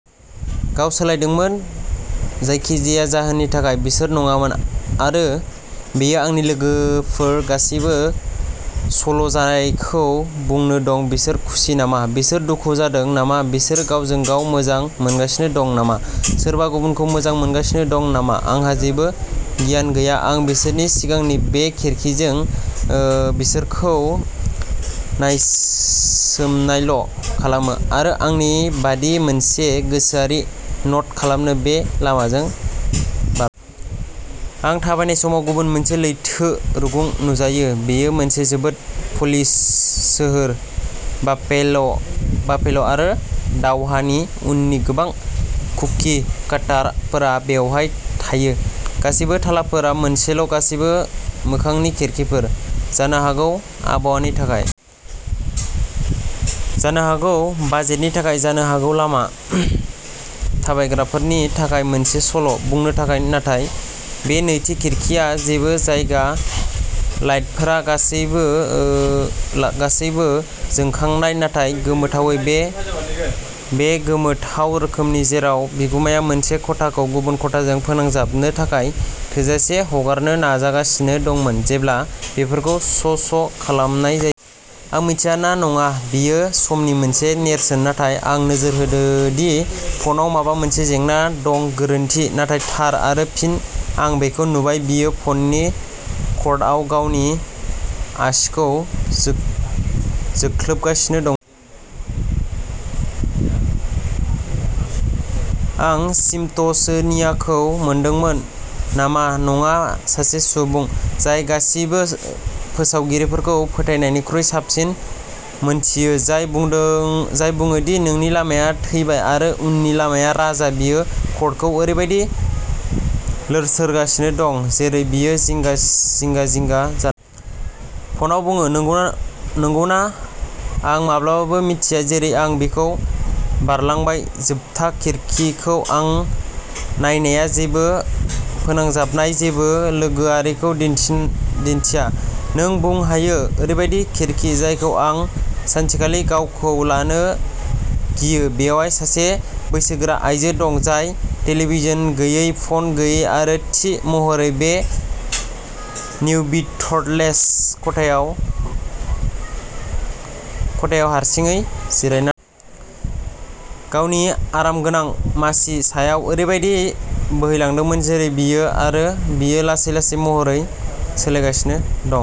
गाव सौलायदोंमोन जायखिजाया जाहोननि थाखाय बिसोर नङामोन आरो बेयो आंनि लोगोफोर गासिबो सल'जायखौ बुंनो दं बिसोर खुसि नामा बिसोर दुखु जादों नामा बिसोर गावजों गाव मोजां मोनगासिनो दं नामा सोरबा गुबुनखौ मोजां मोनगासिनो दं नामा आंहा जेबो गियान गैया आं बिसोरनि सिगांनि बे खिरखिजों ओ बिसोरखौ नायसोमनायल' खालामो आरो आंनि बायदि मोनसे गोसोआरि न'ट खालामो बे लामाजों बारलाङो। आं थाबायनाय समाव गुबुन मोनसे लैथो रुगुं नुजायो बेयो मोनसे जोबोद प'लिश सोहोर बाफेल' बाफेल'आरो दावहानि उननि गोबां कुकि काटार फोरा बेवहाय थायो गासैबो थालाफोर मोनसेल गासैबो मोखांनि खिरखिफोर। जानो हागौ आबहावानि थाखाय जानो हागौ बाजेटनि थाखाय जानो हागौ लामा थाबायग्राफोरनि थाखाय मोनसे सल' बुंनो थाखाय नाथाय बे नैथि खिरखिआ जेबो जगाया लाइटफोरा गासैबो ओ गासैबो जोंखांनाय नाथाय गोमोथावै बे बे गोमोथाव रोखोमनि जेराव बिगुमाया मोनसे खथाखौ गुबुन खथाजों फोनांजाबनो थाखाय थोजासे हगारनो नाजागासिनो दंमोन जेब्ला बेफोरखौ स स खालामनाय जायो। आं मिथिया ना नङा बेयो समनि मोनसे नेरसोन नाथाय आं नोजोर होदों दि फनाव माबा मोनसे जेंना दं गोरोन्थि नाथाय थार आरो फिन आं बेखौ नुबाय बियो फननि कर्डआव गावनि आसिखौ जो जोख्लोबगासिनो दं आं स्मिथसोनियानखौ मोनदोंमोन नामा नङा सासे सुबुं जाय गासिबो फोसावगिरिखौ फोथायनायनिख्रुइ साबसिन मोनथियो जाय बुदों जाय बुङो दि नोंनि लामाया थैबाय आरो उननि लामाया राजा बियो कर्डखौ ओरैबायदि लोरसोरगासिनो दं जेरै बियो जिंगा जिंगा जानानै फनाव बुङो नंगौना नोंगौना आं माब्लाबाबो मिन्थिया जेरै आं बिखौ बारलांबाय जोबथा खिरखिखौ आं नायनाया जेबो फोनांजाबनाय जेबो लोगोआरिखौ दिन्थि दिन्थिया नों बुंनो हायो ओरैबायदि खिरखि जायखौ आं सानसेखालि गावखौ लानो गियो बेयाव सासे बैसोगोरा आइजो दं जाय टेलिभिजन गैयै फन गैयै आरो थि महरै बेबे निउविर्थलेस खथायाव खथायाव हारसिङै जिरायना दं। गावनि आरामगोनां मासि सायाव ओरैबायदि बोहैलांदोंमोन जेरै बियो आरो बेयो लासै-लासै महर सोलायगासिनो दं।